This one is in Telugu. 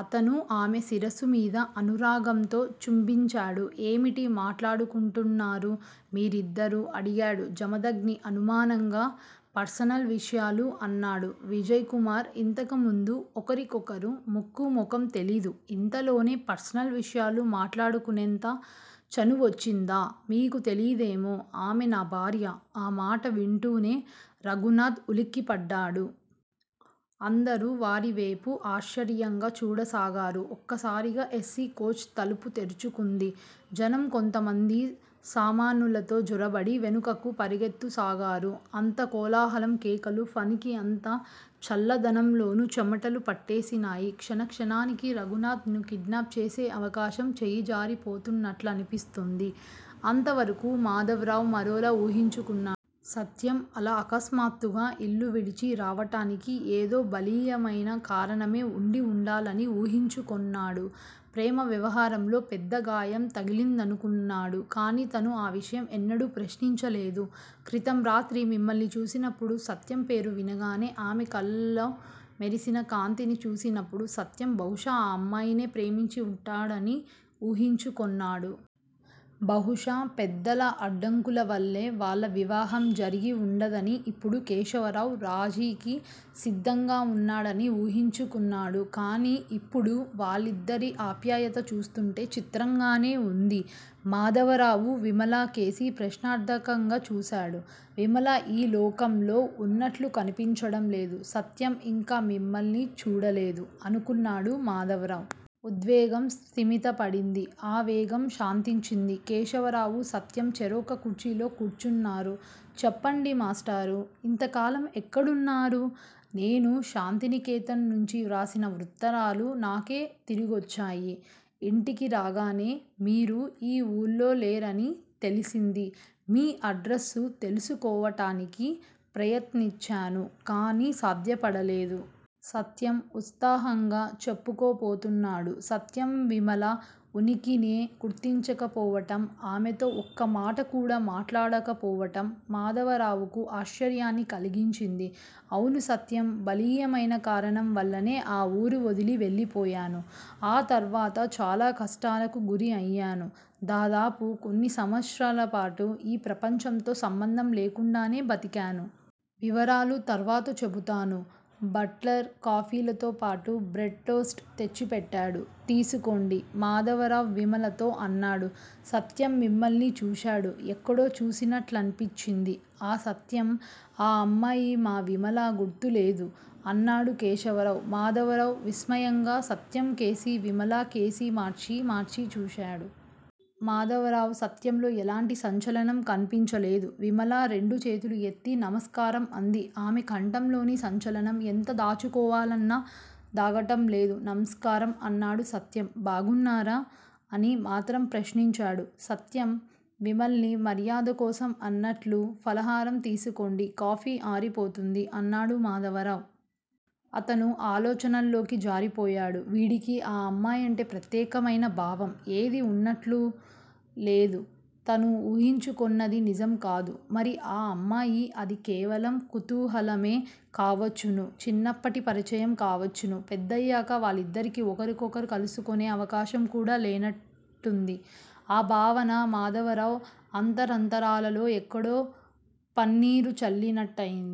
అతను ఆమె శిరస్సు మీద అనురాగంతో చుంబించాడు. ఏమిటి మాట్లాడుకుంటున్నారు మీరిద్దరూ? అడిగాడు జమదగ్ని అనుమానంగా. పర్సనల్ విషయాలు అన్నాడు విజయ్ కుమార్. ఇంతకుముందు ఒకరికొకరు ముక్కు మొఖం తెలీదు. ఇంతలోనే పర్సనల్ విషయాలు మాట్లాడుకునేంత చనువొచ్చిందా? మీకు తెలీదేమో! ఆమె నా భార్య. ఆ మాట వింటూనే రఘునాథ్ ఉలిక్కిపడ్డాడు. అందరూ వారివేపు ఆశ్చర్యంగా చూడసాగారు. ఒక్కసారిగా ఎ. సి. కోచ్ తలుపు తెరుచుకుంది. జనం కొంతమంది సామానులతో జొరబడి వెనుకకు పరుగెత్తసాగారు. అంతా కోలాహలం, కేకలు! ఫణికి అంత చల్లదనంలోనూ చెమటలు పట్టేసినయ్. క్షణక్షణానికీ రఘునాథ్ ని కిడ్నాప్ చేసే అవకాశం చేయిజారిపోతున్నట్లనిపిస్తూంది. అంతవరకూ మాధవరావు మరోలా ఊహించుకొన్నాడు. సత్యం అలా అకస్మాత్తుగా ఇల్లువిడిచి రావటానికి ఏదో బలీయమైన కారణమే ఉండి ఉండాలని ఊహించుకున్నాడు. ప్రేమ వ్యవహారంలో పెద్ద గాయం తగిలిందనుకొన్నాడు. కాని తను ఆ విషయం ఎన్నడూ ప్రశ్నించలేదు. క్రితంరాత్రి విమల్ని చూసినప్పుడు, సత్యం పేరు వినగానే ఆమె కళ్ళలో మెరిసిన కాంతిని చూసినప్పుడు సత్యం బహుశా ఆ అమ్మాయినే ప్రేమించి ఉంటాడని ఊహించుకొన్నాడు. బహుశా పెద్దల అడ్డంకులవల్లే వాళ్ళ వివాహం జరిగివుండదనీ, ఇప్పుడు కేశవరావు రాజీకి సిద్దంగా ఉన్నాడనీ ఊహించుకున్నాడు. కాని ఇప్పుడు వాళ్ళిద్దరి ఆప్యాయతా చూస్తుంటే చిత్రంగానే ఉంది. మాధవరావు విమలకేసి ప్రశ్నార్ధకంగా చూశాడు. విమల ఈ లోకంలో ఉన్నట్లు కనిపించడంలేదు. సత్యం ఇంకా విమల్ని చూడలేదు అనుకొన్నాడు మాధవరావు. ఉద్వేగం స్థిమితపడింది. ఆ వేగం శాంతించింది. కేశవరావూ సత్యం చెరొక కుర్చీలో కూర్చున్నారు. చెప్పండి మాష్టారూ! ఇంతకాలం ఎక్కడున్నారు? నేను శాంతినికేతన్ నుంచి వ్రాసిన ఉత్తరాలు నాకే తిరిగొచ్చాయి. ఇంటికి రాగానే మీరు ఆ ఊళ్లోలేరని తెలిసింది. మీ అడ్రసు తెలుసుకోవటానికి ప్రయత్నించాను. కాని సాధ్యపడలేదు. సత్యం ఉత్సాహంగా చెప్పుకుపోతున్నాడు. సత్యం విమల ఉనికినే గుర్తించకపోవటం, ఆమెతో ఒక్కమాట కూడా మాట్లాడకపోవటం మాధవరావుకు ఆశ్చర్యాన్ని కలిగించింది. అవును సత్యం! బలీయమైన కారణం వల్లనే ఆ ఊరు వదిలి వెళ్ళిపోయాను. ఆ తర్వాత చాలా కష్టాలకు గురి అయ్యాను. దాదాపు కొన్ని సంవత్సరాలపాటు ఈ ప్రపంచంతో సంబంధం లేకుండానే బ్రతికాను. వివరాలు తర్వాత చెబుతాను. బట్లర్ కాఫీలతోపాటు బ్రడ్ టోస్ట్ తెచ్చిపెట్టాడు. తీసుకోండి. మాధవరావు విమలతో అన్నాడు. సత్యం విమల్ని చూశాడు. ఎక్కడో చూసినట్లనిపించింది. ఆఁ సత్యం! ఆ అమ్మాయి మా విమల. గుర్తులేదూ? అన్నాడు కేశవరావు. మాధవరావు విస్మయంగా సత్యంకేసీ, విమలకేసీ మార్చి మార్చి చూశాడు. మాధవరావు సత్యంలో ఎలాంటి సంచలనం కన్పించలేదు. విమల రెండు చేతులూ ఎత్తి నమస్కారం అంది. ఆమె కంఠంలోని సంచలనం ఎంత దాచుకోవాలన్నా దాగటం లేదు. నమస్కారం! అన్నాడు సత్యం. బాగున్నారా? అని మాత్రం ప్రశ్నించాడు సత్యం విమల్ని మర్యాదకోసం అన్నట్లు. ఫలహారం తీసుకోండి, కాఫీ ఆరిపోతుంది అన్నాడు మాధవరావు. అతను ఆలోచనల్లోకి జారిపోయాడు. వీడికి ఆ అమ్మాయంటే ప్రత్యేకమైన భావం ఏదీ ఉన్నట్టు లేదు. తను ఊహించుకొన్నది నిజం కాదు. మరి ఆ అమ్మాయి? అది కేవలం కుతూహలమే కావచ్చును. చిన్నప్పటి పరిచయం కావచ్చును. పెద్దయాక వాళ్ళిద్దరికీ ఒకర్నొకరు కలుసుకొనే అవకాశంకూడా లేనట్టుంది. ఆ భావన మాధవరావు అంతరాంతరాల్లో ఎక్కడో పన్నీరు చల్లినట్టయింది.